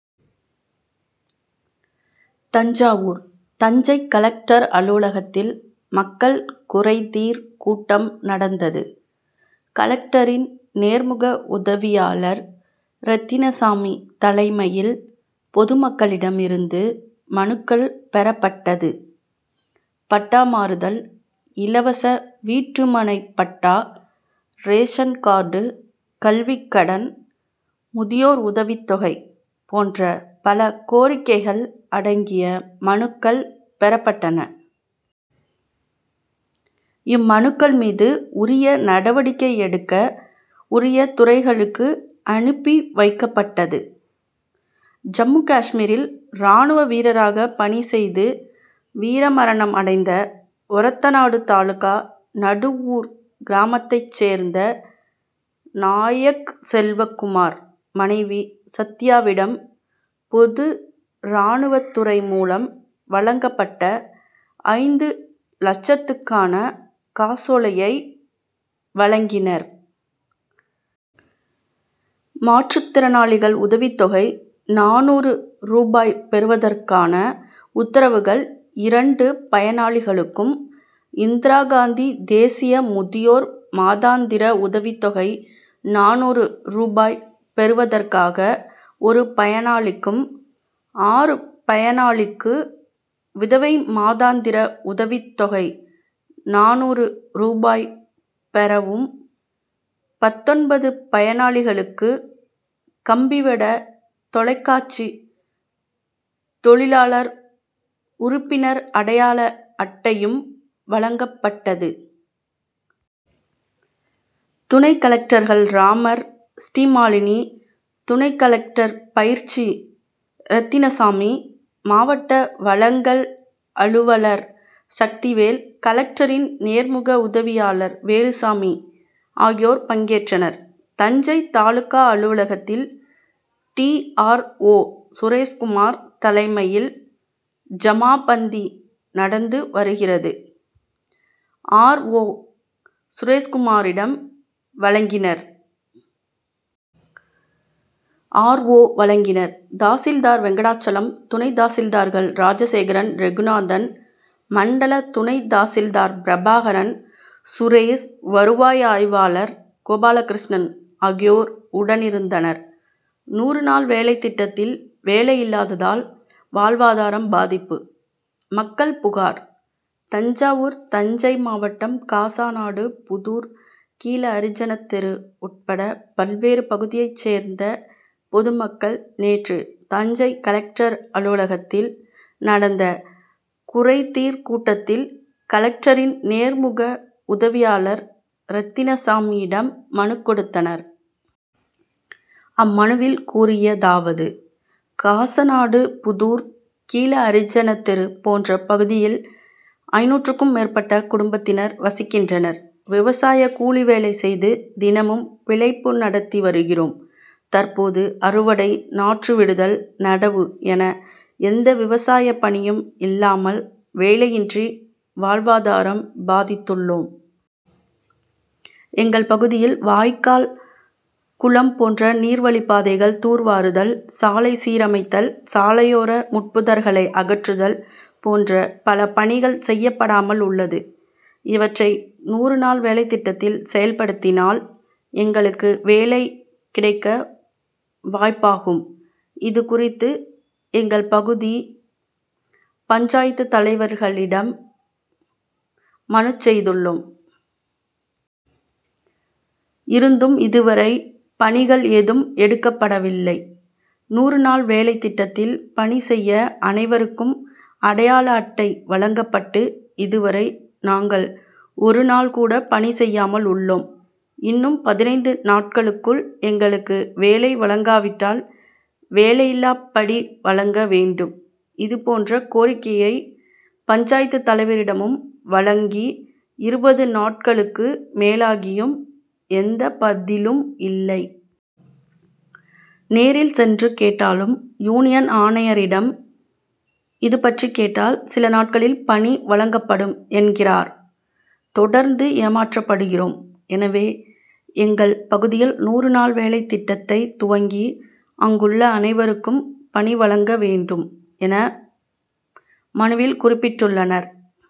Thanjavur Thanjai collector அலுவலகத்தில் மக்கள் குறைதீர் கூட்டம் நடந்தது. கலெக்டரின் நேர்முக உதவியாளர் ரெத்தினசாமி தலைமையில் பொதுமக்களிடம் இருந்து மனுக்கள் பெறப்பட்டது. பட்டா மாறுதல், இலவச வீட்டுமனை பட்டா, ரேஷன் கார்டு, கல்விக்கடன், முதியோர் உதவித்தொகை போன்ற பல கோரிக்கைகள் அடங்கிய மனுக்கள் பெறப்பட்டன. இம்மனுக்கள் மீது உரிய நடவடிக்கை எடுக்க உரிய துறைகளுக்கு அனுப்பி வைக்கப்பட்டது. ஜம்மு காஷ்மீரில் ராணுவ வீரராக பணி செய்து வீரமரணம் அடைந்த ஒரத்தநாடு தாலுகா நடுவூர் கிராமத்தைச் சேர்ந்த நாயக்செல்வகுமார் மனைவி சத்யாவிடம் பொது ராணுவத்துறை மூலம் வழங்கப்பட்ட ஐந்து லட்சத்துக்கான காசோலையை வழங்கினர். மாற்றுத்திறனாளிகள் உதவித்தொகை நானூறு ரூபாய் பெறுவதற்கான உத்தரவுகள் இரண்டு பயனாளிகளுக்கும், இந்திராகாந்தி தேசிய முதியோர் மாதாந்திர உதவித்தொகை நானூறு ரூபாய் பெறுவதற்காக ஒரு பயனாளிக்கும், ஆறு பயனாளிக்கு விதவை மாதாந்திர உதவித்தொகை நானூறு ரூபாய் பெறவும், பத்தொன்பது பயனாளிகளுக்கு கம்பிவட தொலைக்காட்சி தொழிலாளர் உறுப்பினர் அடையாள அட்டையும் வழங்கப்பட்டது. துணை கலெக்டர்கள் ராமர், ஸ்ரீமாலினி, துணை கலெக்டர் பயிற்சி ரத்தினசாமி, மாவட்ட வழங்கல் அலுவலர் சக்திவேல், கலெக்டரின் நேர்முக உதவியாளர் வேலுசாமி ஆகியோர் பங்கேற்றனர். தஞ்சை தாலுகா அலுவலகத்தில் டி. ஆர். ஓ., சுரேஷ்குமார் தலைமையில் ஜமாபந்தி நடந்து வருகிறது. ஆர். ஓ., சுரேஷ்குமாரிடம் வழங்கினர். ஆர். ஓ., வழங்கினர். தாசில்தார் வெங்கடாசலம், துணை தாசில்தார்கள் ராஜசேகரன், ரெகுநாதன், மண்டல துணை தாசில்தார் பிரபாகரன், சுரேஷ், வருவாய் ஆய்வாளர் கோபாலகிருஷ்ணன் ஆகியோர் உடனிருந்தனர். நூறு நாள் வேலை திட்டத்தில் வேலையில்லாததால் வாழ்வாதாரம் பாதிப்பு: மக்கள் புகார் தஞ்சாவூர் தஞ்சை மாவட்டம் காசாநாடு புதூர் கீழஅரிஜனத்தெரு உட்பட பல்வேறு பகுதியைச் சேர்ந்த பொதுமக்கள் நேற்று தஞ்சை கலெக்டர் அலுவலகத்தில் நடந்த குறைதீர் கூட்டத்தில் கலெக்டரின் நேர்முக உதவியாளர் ரெத்தினசாமியிடம் மனுக்கொடுத்தனர். அம்மனுவில் கூறியதாவது: காசநாடு புதூர், கீழ அரிஜன தெரு போன்ற பகுதியில் ஐந்நூற்றுக்கும் மேற்பட்ட குடும்பத்தினர் வசிக்கின்றனர். விவசாய கூலி வேலை செய்து தினமும் பிழைப்பு நடத்தி வருகிறோம். தற்போது அறுவடை, நாற்றுவிடுதல், நடவு என எந்த விவசாய பணியும் இல்லாமல் வேலையின்றி வாழ்வாதாரம் பாதித்துள்ளோம். எங்கள் பகுதியில் வாய்கால், குளம் போன்ற நீர்வழிப்பாதைகள் தூர்வாருதல், சாலை சீரமைத்தல், சாலையோர முட்புதர்களை அகற்றுதல் போன்ற பல பணிகள் செய்யப்படாமல் உள்ளது. இவற்றை நூறு நாள் வேலை திட்டத்தில் செயல்படுத்தினால், எங்களுக்கு வேலை கிடைக்க வாய்ப்பாகும். இதுகுறித்து, எங்கள் பகுதி பஞ்சாயத்து தலைவர்களிடம் மனுச் செய்துள்ளோம். இருந்தும், இதுவரை பணிகள் ஏதும் எடுக்கப்படவில்லை. நூறு நாள் வேலை திட்டத்தில் பணி செய்ய அனைவருக்கும் அடையாள அட்டை வழங்கப்பட்டு, இதுவரை நாங்கள் ஒரு நாள் கூட பணி செய்யாமல் உள்ளோம். இன்னும் பதினைந்து நாட்களுக்குள் எங்களுக்கு வேலை வழங்காவிட்டால் வேலையில்லாப்படி வழங்க வேண்டும். இதுபோன்ற கோரிக்கையை பஞ்சாயத்து தலைவரிடமும் வழங்கி இருபது நாட்களுக்கு மேலாகியும் எந்த பதிலும் இல்லை. நேரில் சென்று கேட்டாலும், யூனியன் ஆணையரிடம் இதுபற்றி கேட்டால் சில நாட்களில் பணி வழங்கப்படும் என்கிறார். தொடர்ந்து ஏமாற்றப்படுகிறோம். எனவே, எங்கள் பகுதியில் நூறு நாள் வேலைத்திட்டத்தை துவங்கி அங்குள்ள அனைவருக்கும் பணி வழங்க வேண்டும், என மனுவில் குறிப்பிட்டுள்ளனர்.